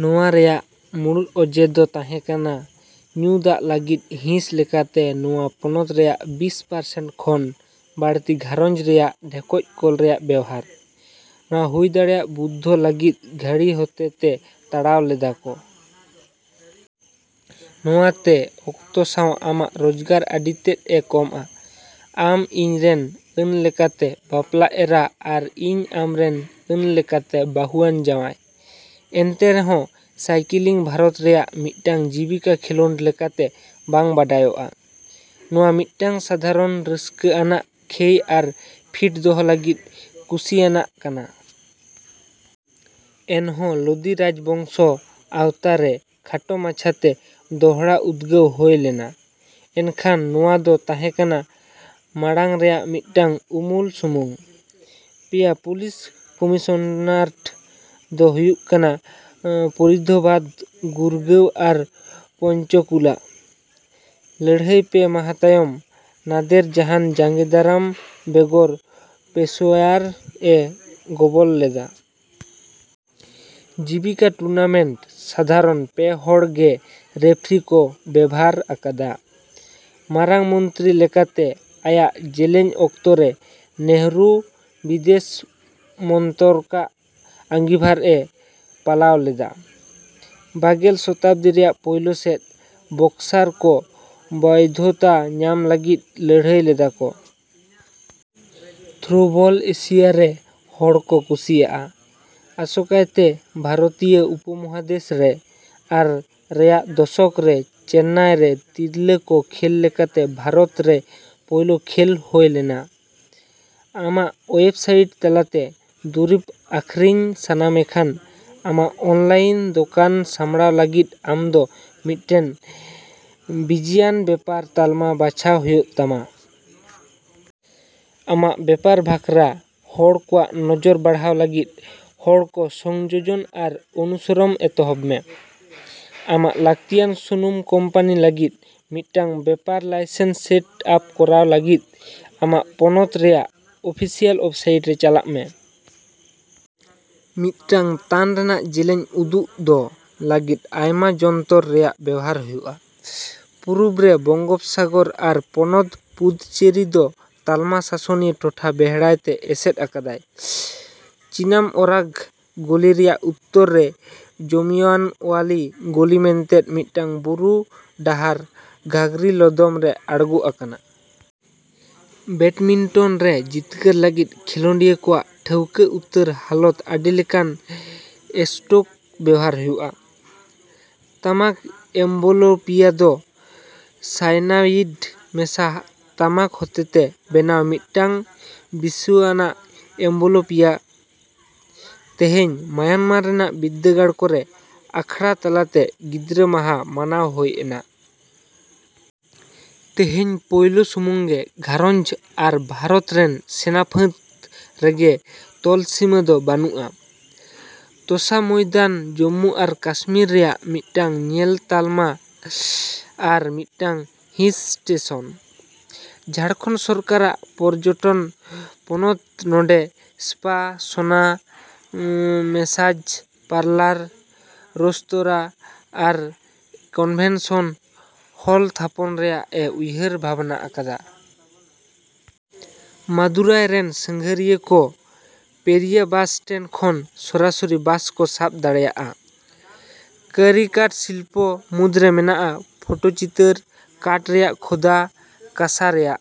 ᱱᱚᱶᱟ ᱨᱮᱭᱟᱜ ᱢᱩᱲᱩᱫ ᱚᱡᱮ ᱫᱚ ᱛᱟᱸᱦᱮᱠᱟᱱᱟ ᱧᱩ ᱫᱟᱜᱽ ᱞᱟᱹᱜᱤᱫ ᱦᱤᱸᱥ ᱞᱮᱠᱟᱛᱮ ᱱᱚᱶᱟ ᱯᱚᱱᱚᱛ ᱨᱮᱭᱟᱜ ᱵᱤᱥ ᱯᱟᱨᱥᱮᱱᱴ ᱠᱷᱚᱱ ᱵᱟᱹᱲᱛᱤ ᱜᱷᱟᱨᱚᱸᱡᱽ ᱨᱮᱭᱟᱜ ᱰᱷᱮᱠᱚᱡ ᱠᱚᱞ ᱨᱮᱭᱟᱜ ᱵᱮᱣᱦᱟᱨ᱾ ᱱᱚᱶᱟ ᱦᱩᱭᱫᱟᱲᱮᱭᱟᱜ ᱵᱩᱫᱫᱷᱚ ᱞᱟᱹᱜᱤᱫ ᱜᱟᱺᱲᱤ ᱠᱚ ᱦᱚᱛᱮᱛᱮ ᱛᱟᱲᱟᱣ ᱞᱮᱫᱟᱠᱚ᱾ ᱱᱚᱶᱟ ᱛᱮ ᱚᱠᱛᱚ ᱥᱟᱶ ᱟᱢᱟᱜ ᱨᱳᱡᱽᱜᱟᱨ ᱟᱹᱰᱤᱛᱮᱫᱼᱮ ᱠᱚᱢᱟ᱾ ᱟᱢ ᱤᱧ ᱨᱮᱱ ᱟᱹᱱᱞᱮᱠᱟᱛᱮ ᱵᱟᱯᱞᱟ ᱮᱨᱟ ᱟᱨ ᱤᱧ ᱟᱢᱨᱮᱱ ᱟᱹᱱ ᱞᱮᱠᱟᱛᱮ ᱵᱟᱹᱦᱩᱟᱱ ᱡᱟᱶᱟᱭ᱾ ᱮᱱᱛᱮ ᱨᱮᱦᱚᱸ ᱥᱟᱭᱠᱤᱞᱤᱝ ᱵᱷᱟᱨᱚᱛ ᱨᱮᱭᱟᱜ ᱢᱤᱫᱴᱟᱝ ᱡᱤᱵᱠᱤᱠᱟ ᱠᱷᱮᱞᱳᱰ ᱞᱟᱠᱟᱛᱮ ᱵᱟᱝ ᱵᱟᱰᱟᱭᱟᱜᱼᱟ, ᱱᱚᱶᱟ ᱢᱤᱫᱴᱟᱝ ᱥᱟᱫᱷᱟᱨᱚᱱ ᱨᱟᱥᱠᱟᱹᱟᱱᱟᱟᱜ ᱠᱷᱮᱭ ᱟᱨ ᱯᱷᱤᱴ ᱫᱚᱦᱚ ᱞᱟᱹᱜᱤᱫ ᱠᱩᱥᱤᱭᱟᱱᱟᱜ ᱠᱟᱱᱟ᱾ ᱮᱱᱦᱚᱸ ᱞᱳᱫᱤ ᱨᱟᱡᱽᱵᱚᱝᱥᱚ ᱟᱶᱛᱟᱨᱮ ᱠᱷᱟᱴᱚ ᱢᱟᱪᱷᱟᱛᱮ ᱫᱚᱦᱲᱟ ᱩᱫᱜᱟᱹᱣ ᱦᱳᱭ ᱞᱮᱱᱟ ᱮᱱᱠᱷᱟᱱ ᱱᱚᱶᱟ ᱫᱚ ᱛᱟᱦᱮᱸ ᱠᱟᱱᱟ ᱢᱟᱲᱟᱝ ᱨᱮᱭᱟᱜ ᱢᱤᱫᱴᱟᱝ ᱩᱢᱩᱞ ᱥᱩᱢᱩᱝ᱾ ᱯᱮᱭᱟ ᱯᱩᱞᱤᱥ ᱠᱚᱢᱤᱥᱚᱱᱟᱨᱮᱴ ᱫᱚ ᱦᱩᱭᱩᱜ ᱠᱟᱱᱟ ᱯᱷᱚᱨᱤᱫᱟᱵᱟᱫᱽ, ᱜᱩᱨᱜᱟᱶ ᱟᱨ ᱯᱚᱧᱪᱚᱠᱩᱞᱟ᱾ ᱞᱟᱹᱲᱦᱟᱹᱭ ᱯᱮ ᱢᱟᱦᱟ ᱛᱟᱭᱚᱢ, ᱱᱟᱫᱮᱨ ᱡᱟᱦᱟᱸᱱ ᱡᱟᱸᱜᱮ ᱫᱟᱨᱟᱢ ᱵᱮᱜᱚᱨ ᱯᱮᱥᱳᱣᱭᱟᱨ ᱮ ᱜᱚᱵᱚᱞ ᱞᱮᱫᱟ᱾ ᱡᱤᱵᱠᱟᱹ ᱴᱩᱨᱱᱟᱢᱮᱱᱴ ᱥᱟᱫᱷᱟᱨᱚᱱ ᱯᱮᱦᱚᱲ ᱜᱮ ᱨᱮᱯᱷᱚᱨᱤ ᱠᱚ ᱵᱮᱵᱷᱟᱨ ᱟᱠᱟᱫᱟ᱾ ᱢᱟᱨᱟᱝ ᱢᱚᱱᱛᱨᱤ ᱞᱮᱠᱟᱛᱮ ᱟᱭᱟᱜ ᱡᱮᱹᱞᱮᱹᱧ ᱚᱠᱛᱚᱨᱮ ᱱᱮᱹᱦᱨᱩ ᱵᱤᱫᱮᱹᱥ ᱢᱚᱱᱛᱨᱚᱠᱟᱜ ᱟᱸᱜᱤᱵᱷᱟᱨᱮ ᱯᱟᱞᱟᱣ ᱞᱮᱫᱟ᱾ ᱵᱟᱜᱮᱞ ᱥᱚᱛᱟᱵᱽᱫᱤ ᱨᱮᱭᱟᱜ ᱯᱳᱭᱞᱳ ᱥᱮᱫ, ᱵᱚᱠᱥᱥᱟᱨ ᱠᱚ ᱵᱳᱭᱫᱷᱚᱛᱟ ᱧᱟᱢ ᱞᱟᱹᱜᱤᱫ ᱞᱟᱹᱲᱦᱟᱹᱭ ᱞᱮᱫᱟ ᱠᱚ᱾ ᱛᱷᱨᱳᱵᱚᱞ ᱮᱥᱤᱭᱟ ᱨᱮ ᱦᱚᱲ ᱠᱚ ᱠᱩᱥᱤᱭᱟᱜᱼᱟ, ᱟᱥᱚᱠᱟᱭᱛᱮ ᱵᱷᱟᱨᱚᱛᱤᱭᱟᱹ ᱩᱯᱚᱢᱚᱦᱟᱫᱮᱥ ᱨᱮ, ᱟᱨ ᱨᱮᱭᱟᱜ ᱫᱚᱥᱚᱠ ᱨᱮ ᱪᱮᱱᱱᱟᱭᱨᱮ ᱛᱤᱨᱞᱟᱹ ᱠᱚ ᱠᱷᱮᱹᱞ ᱞᱮᱠᱟᱛᱮ ᱵᱷᱟᱨᱚᱛᱨᱮ ᱯᱳᱭᱞᱳ ᱠᱷᱮᱞ ᱦᱳᱭ ᱞᱮᱱᱟ᱾ ᱟᱢᱟᱜ ᱳᱭᱮᱵᱽᱥᱟᱭᱤᱴ ᱛᱟᱞᱟᱛᱮ ᱫᱩᱨᱤᱵᱽ ᱟᱹᱠᱷᱨᱤᱧ ᱥᱟᱱᱟᱢᱮ ᱠᱷᱟᱱ, ᱟᱢᱟᱜ ᱚᱱᱞᱟᱭᱤᱱ ᱫᱚᱠᱟᱱ ᱥᱟᱸᱵᱽᱲᱟᱣ ᱞᱟᱹᱜᱤᱫ ᱟᱢᱫᱚ ᱢᱤᱫᱴᱮᱱ ᱵᱤᱡᱽᱭᱟᱱ ᱵᱮᱯᱟᱨ ᱛᱟᱞᱢᱟ ᱵᱟᱪᱷᱟᱣ ᱦᱳᱭᱳᱜ ᱛᱟᱢᱟ᱾ ᱟᱢᱟᱜ ᱵᱮᱯᱟᱨ ᱵᱟᱠᱷᱨᱟ ᱦᱚᱲ ᱠᱚᱣᱟᱜ ᱱᱚᱡᱚᱨ ᱵᱟᱲᱦᱟᱣ ᱞᱟᱹᱜᱤᱫ ᱦᱚᱲ ᱠᱚ 'ᱥᱚᱝᱡᱳᱡᱚᱱ' ᱟᱨ 'ᱚᱱᱩᱥᱚᱨᱚᱢ' ᱮᱛᱦᱚᱵ ᱢᱮ᱾ ᱟᱢᱟᱜ ᱞᱟᱠᱛᱤᱭᱟᱱ ᱥᱩᱱᱩᱢ ᱠᱳᱢᱯᱟᱱᱤ ᱞᱟᱹᱜᱤᱫ ᱢᱤᱫᱴᱟᱝ ᱵᱮᱯᱟᱨ ᱞᱟᱭᱥᱮᱱᱥ ᱥᱮᱴ ᱟᱯ ᱠᱚᱨᱟᱣ ᱞᱟᱜᱤᱫ, ᱟᱢᱟᱜ ᱯᱚᱱᱚᱛ ᱨᱮᱭᱟᱜ ᱚᱯᱷᱤᱥᱤᱭᱟᱹᱞ ᱳᱭᱮᱵᱽᱥᱟᱭᱤᱴ ᱨᱮ ᱪᱟᱞᱟᱜ ᱢᱮ᱾ ᱢᱤᱫᱴᱟᱝ ᱛᱟᱱ ᱨᱮᱭᱟᱜ ᱡᱮᱹᱞᱮᱹᱧ ᱩᱫᱩᱜᱫᱚ ᱞᱟᱹᱜᱤᱫ, ᱟᱭᱢᱟ ᱡᱚᱱᱛᱚᱨ ᱨᱮᱱᱟᱜ ᱵᱮᱣᱦᱟᱨ ᱦᱩᱭᱩᱜᱼᱟ᱾ ᱯᱩᱨᱩᱵᱽ ᱨᱮ ᱵᱚᱝᱜᱳᱯᱥᱟᱜᱚᱨ ᱟᱨ ᱯᱚᱱᱚᱛ ᱯᱩᱫᱩᱪᱮᱨᱤ ᱫᱚ ᱛᱟᱞᱢᱟ ᱥᱟᱥᱚᱱᱤᱭᱟᱹ ᱴᱚᱴᱷᱟ ᱵᱮᱲᱦᱟᱭᱛᱮ ᱮᱥᱮᱫ ᱟᱠᱟᱫᱟᱭ᱾ ᱪᱤᱱᱟᱢᱚᱨᱟᱜᱽ ᱜᱚᱞᱤᱨᱮᱭᱟᱜ ᱩᱛᱛᱚᱨ ᱨᱮ ᱡᱟᱢᱤᱭᱟᱱᱳᱣᱟᱞᱤ ᱜᱚᱞᱤ ᱢᱮᱱᱛᱮ ᱟᱨ ᱢᱤᱫᱴᱟᱝ ᱵᱩᱨᱩ ᱰᱟᱦᱟᱨ ᱜᱟᱜᱽᱨᱤ ᱞᱚᱫᱚᱢ ᱨᱮ ᱟᱬᱜᱳ ᱟᱠᱟᱱᱟ᱾ ᱵᱮᱴᱢᱤᱱᱴᱚᱱ ᱨᱮ ᱡᱤᱛᱠᱟᱹᱨ ᱞᱟᱹᱜᱤᱫ ᱠᱷᱮᱞᱳᱰᱤᱭᱟᱹ ᱠᱚᱣᱟᱜ ᱴᱷᱟᱹᱣᱠᱟᱹ ᱩᱛᱟᱹᱨ ᱦᱟᱞᱚᱛ ᱟᱹᱰᱤ ᱞᱮᱠᱟᱱ ᱮᱥᱴᱳᱠ ᱵᱮᱣᱦᱟᱨ ᱦᱩᱭᱩᱜᱼᱟ᱾ ᱛᱟᱢᱟᱠ ᱮᱢᱵᱚᱞᱤᱳᱯᱤᱭᱟ ᱫᱚ ᱥᱟᱭᱟᱱᱟᱭᱤᱰ ᱢᱮᱥᱟ ᱛᱟᱢᱟᱠ ᱦᱚᱛᱮᱛᱮ ᱵᱮᱱᱟᱣ ᱢᱤᱫᱴᱟᱝ ᱵᱤᱥᱟᱹᱣᱟᱱᱟᱜ ᱮᱢᱵᱚᱞᱤᱭᱳᱯᱤᱭᱟ᱾ ᱛᱮᱹᱦᱮᱹᱧ, ᱢᱟᱭᱟᱱᱢᱟᱨ ᱨᱮᱱᱟᱜ ᱵᱤᱨᱫᱟᱹᱜᱟᱲ ᱠᱚᱨᱮ ᱟᱠᱷᱲᱟ ᱛᱟᱞᱟᱛᱮ ᱜᱤᱫᱽᱨᱟᱹ ᱢᱟᱦᱟ ᱢᱟᱱᱟᱣ ᱦᱳᱭᱮᱱᱟ᱾ ᱛᱮᱹᱦᱮᱹᱧ ᱯᱳᱞᱳ ᱥᱩᱢᱩᱝᱜᱮ ᱨᱟᱡᱜᱷᱟᱨᱚᱸᱧᱡᱽ ᱟᱨ ᱵᱷᱟᱨᱚᱛ ᱨᱮᱱ ᱥᱮᱱᱟ ᱯᱷᱟᱹᱫᱽ ᱨᱮᱜᱮ ᱛᱚᱞᱥᱤᱢᱟᱹ ᱫᱚ ᱵᱟᱹᱱᱩᱜᱼᱟ ᱛᱚᱥᱟ ᱢᱚᱭᱫᱟᱱ ᱡᱩᱢᱢᱩ ᱟᱨ ᱠᱟᱥᱢᱤᱨ ᱨᱮᱭᱟᱜ ᱢᱤᱫᱴᱟᱝ ᱧᱮᱧᱮᱞ ᱛᱟᱞᱢᱟ ᱟᱨ ᱢᱤᱫᱴᱟᱝ ᱦᱤᱞ ᱥᱴᱮᱹᱥᱚᱱ᱾ ᱡᱷᱟᱲᱠᱷᱚᱸᱰ ᱥᱚᱨᱠᱟᱨᱟᱜ ᱯᱚᱨᱡᱚᱴᱚᱱ ᱛᱷᱚᱱᱚᱛ ᱱᱚᱸᱰᱮ spa, sauna, massage parlour, restaurant ᱟᱨ ᱠᱚᱱᱵᱷᱮᱱᱥᱚᱱ ᱦᱚᱞ ᱛᱷᱟᱯᱚᱱ ᱨᱮᱭᱟᱜᱼᱮ ᱩᱭᱦᱟᱹᱨ ᱵᱷᱟᱵᱱᱟ ᱟᱠᱟᱫᱟ᱾ ᱢᱟᱫᱩᱨᱟᱭ ᱨᱮᱱ ᱥᱟᱸᱜᱷᱟᱨᱤᱭᱟᱹᱠᱚ ᱯᱮᱹᱨᱤᱭᱟ ᱵᱟᱥ ᱥᱴᱮᱱᱰ ᱠᱷᱚᱱ ᱥᱚᱨᱟᱥᱚᱨᱤ ᱵᱟᱥ ᱠᱚ ᱥᱟᱵ ᱫᱟᱲᱮᱹᱭᱟᱜᱼᱟ᱾ ᱠᱟᱹᱨᱤ ᱠᱟᱴᱥᱤᱞᱯᱚ ᱢᱩᱫ ᱨᱮ ᱢᱟᱱᱟᱜᱼᱟ ᱯᱚᱴᱚᱪᱤᱛᱟᱹᱨ ᱠᱟᱴ ᱨᱮᱭᱟᱜ ᱠᱷᱳᱫᱟ, ᱠᱟᱸᱥᱟ ᱨᱮᱭᱟᱜ᱾